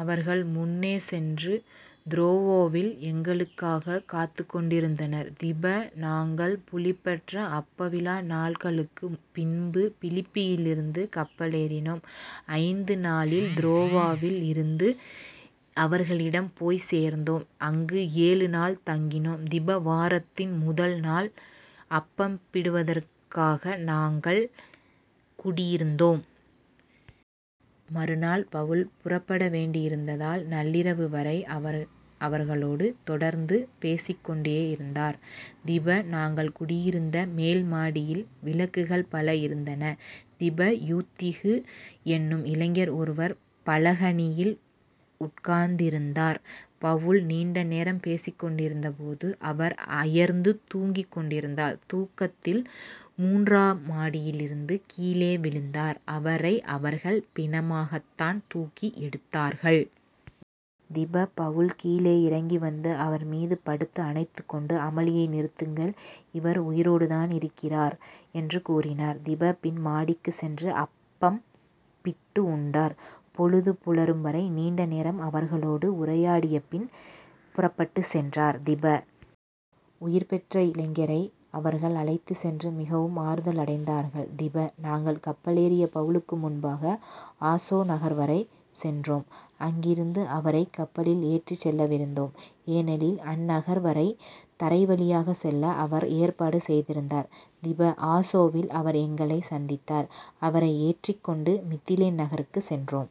அவர்கள் முன்னே சென்று துரோவோவில் எங்களுக்காகக் காத்துக் கொண்டிருந்தனர். திப. நாங்கள் புளிப்பற்ற அப்பவிழா நாள்களுக்குப் பின்பு பிலிப்பியிலிருந்து கப்பலேறினோம். ஐந்து நாளில் துரோவாவில் இருந்த அவர்களிடம் போய்ச் சேர்ந்தோம். அங்கு ஏழு நாள் தங்கினோம். திப. வாரத்தின் முதள் நாள் அப்பம் பிடுவதற்காக நாங்கள் கூடியிருந்தோம். மறுநாள் பவுல் புறப்பட வேண்டியிருந்ததால் நள்ளிரவு வரை அவர் அவர்களோடு தொடர்ந்து பேசிக் கொண்டேயிருந்தார். திப. நாங்கள் குடியிருந்த மேல் மாடியில் விளக்குகள் பல இருந்தன. திப. யூத்திகு என்னும் இளைஞர் ஒருவர் பலகணியில் உட்கார்ந்திருந்தார். பவுல் நீண்ட நேரம் பேசிக் கொண்டிருந்தபோது அவர் அயர்ந்து தூங்கிக் கொண்டிருந்தார் தூக்கத்தில் மூன்றாம் மாடியிலிருந்து கீழே விழுந்தார் அவரை அவர்கள் பிணமாகத்தான் தூக்கி எடுத்தார்கள். திப. பவுல் கீழே இறங்கி வந்து அவர் மீது படுத்து அணைத்துக்கொண்டு " அமளியை நிறுத்துங்கள் இவர் உயிரோடுதானியிருக்கிறார் " என்று கூறினார். திப. பின் மாடிக்குச் சென்று அப்பம் பிட்டு உண்டார். பொழுது புலரும் வரை நீண்ட நேரம் அவர்களோடு உரையாடியபின் புறப்பட்டுச்சென்றார். திப. உயிர்பெற்ற இளைஞரை அவர்கள் அழைத்துச்சென்று மிகவும் ஆறுதல் அடைந்தார்கள். திப. நாங்கள் கப்பலேறிப் பவுலுக்கு முன்பாக ஆசொ நகர்வரை சென்றோம். அங்கிருந்து அவரைக் கப்பலில் ஏற்றிச்செல்லவிருந்தோம். ஏனெனில் அந்நகர்வரை தரைவழியாகச் செல்ல அவர் ஏற்பாடு செய்தியிருந்தார். திப. ஆசொவில் அவர் எங்களைச் சந்தித்தார் அவரை ஏற்றிக்கொண்டு மித்திலேன் நகருக்குச் சென்றோம்.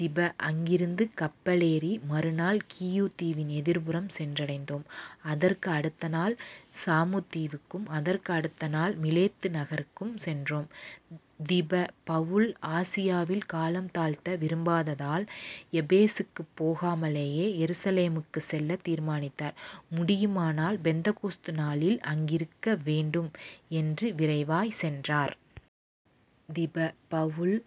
திப. அங்கிருந்து கப்பலேறி மறுநாள் கீயு தீவின் எதிர்ப்புறம் சென்றடைந்தோம். அதற்கு அடுத்த நாள் சாமு தீவுக்கும், அதற்கு அடுத்த நாள் மிலேத்து நகருக்கும் சென்றோம். திப. பவுல் ஆசியாவில் காலம் தாழ்த்த விரும்பாததால் எபேசுக்குப் போகாமலே எருசலேமுக்குச் செல்லத் தீர்மானித்தார். முடியுமானால் பெந்தக்கோஸ்து நாளில் அங்கிருக்க வேண்டும் என்று விரைவாய்ச் சென்றார். திப. பவுல்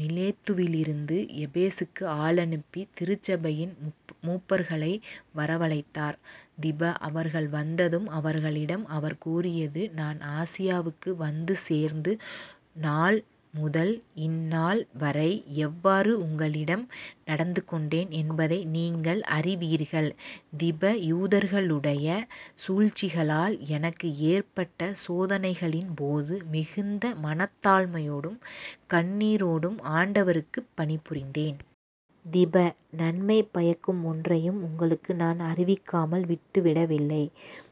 மிலேத்துவிலிருந்து எபேசுக்கு ஆளனுப்பி திருச்சபையின் மூப்பர்களை வரவழைத்தார். திப. அவர்கள் வந்ததும் அவர்களிடம் அவர் கூறியது " நான் ஆசியாவுக்கு வந்து சேர்ந்து நாள்முதல் இந்நாள்வரை எவ்வாறு உங்களிடம் நடந்து கொண்டேன் என்பதை நீங்கள் அறிவீர்கள். திப. யூதர்களுடைய சூழ்ச்சிகளால் எனக்கு ஏற்பட்ட சோதனைகளின்போது மிகுந்த மனத்தாழ்மையோடும் கண்ணீரோடும் ஆண்டவருக்குப் பணிபுரிந்தேன். திப. நன்மை பயக்குமொன்றையும் உங்களுக்கு நான் அறிவிக்காமல் விட்டு விடவில்லை.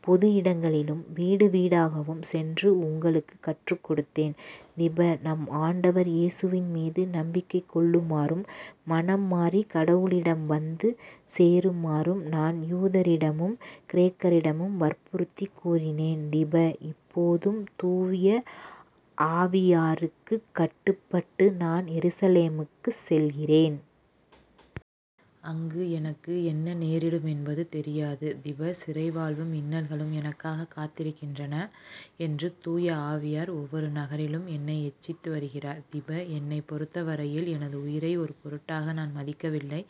பொது இடங்களிலும் வீடுவீடாகவும் சென்று உங்களுக்குக் கற்றுக் கொடுத்தேன். திப. நம் ஆண்டவர் இயேசுவின் மீது நம்பிக்கை கொள்ளுமாறும் மனம்மாறி கடவுளிடம் வந்து சேருமாறும் நான் யூதரிடமும் கிரேக்கரிடமும் வற்புறுத்திக் கூறினேன். திப. இப்போதும் தூய ஆவியாருக்குக் கட்டுப்பட்டு நான் எருசலேமுக்குச் செல்லுகிறேன். அங்கு எனக்கு என்ன நேரிடுமென்பது தெரியாது. திப. சிறை வாழ்வும் இன்னல்களும் எனக்காகக் காத்திருக்கின்றன என்று தூய ஆவியார் ஒவ்வொரு நகரிலும் என்னை எச்சித்து வருகிறார். திப. என்னைப் பொறுத்த வரையில் எனது உயிரை ஒரு பொருட்டாக நான் மதிக்கவில்லை.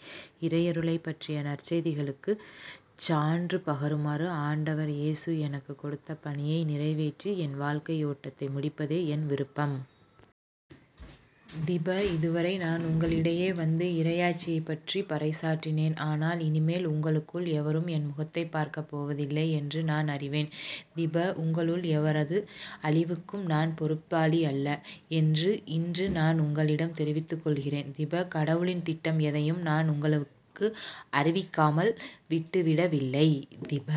இறையருளைப் பற்றிய நற்செய்திகளுக்குச் சான்று பகருமாறு ஆண்டவர் இயேசு எனக்குக் கொடுத்த பணியை நிறைவேற்றி என் வாழ்க்கை ஓட்டத்தை முடிப்பதே என் விருப்பம். திப. இதுவரை நான் உங்களிடையே வந்து இறையாட்சியைப் பற்றி பறைசாற்றினேன். ஆனால் இனிமேல் உங்களுக்குள் எவரும் என் முகத்தைப் பார்க்கப் போவதில்லை என்று நான் அறிவேன். திப. உங்களுள் எவரது அழிவுக்கும் நான் பொறுப்பாளியல்ல என்று இன்று நான் உங்களிடம் தெரிவித்துக் கொள்கிறேன். திப. கடவுளின் திட்டம் எதையும் நான் உங்களுக்கு அறிவிக்காமல் விட்டுவிடவில்லை. திப.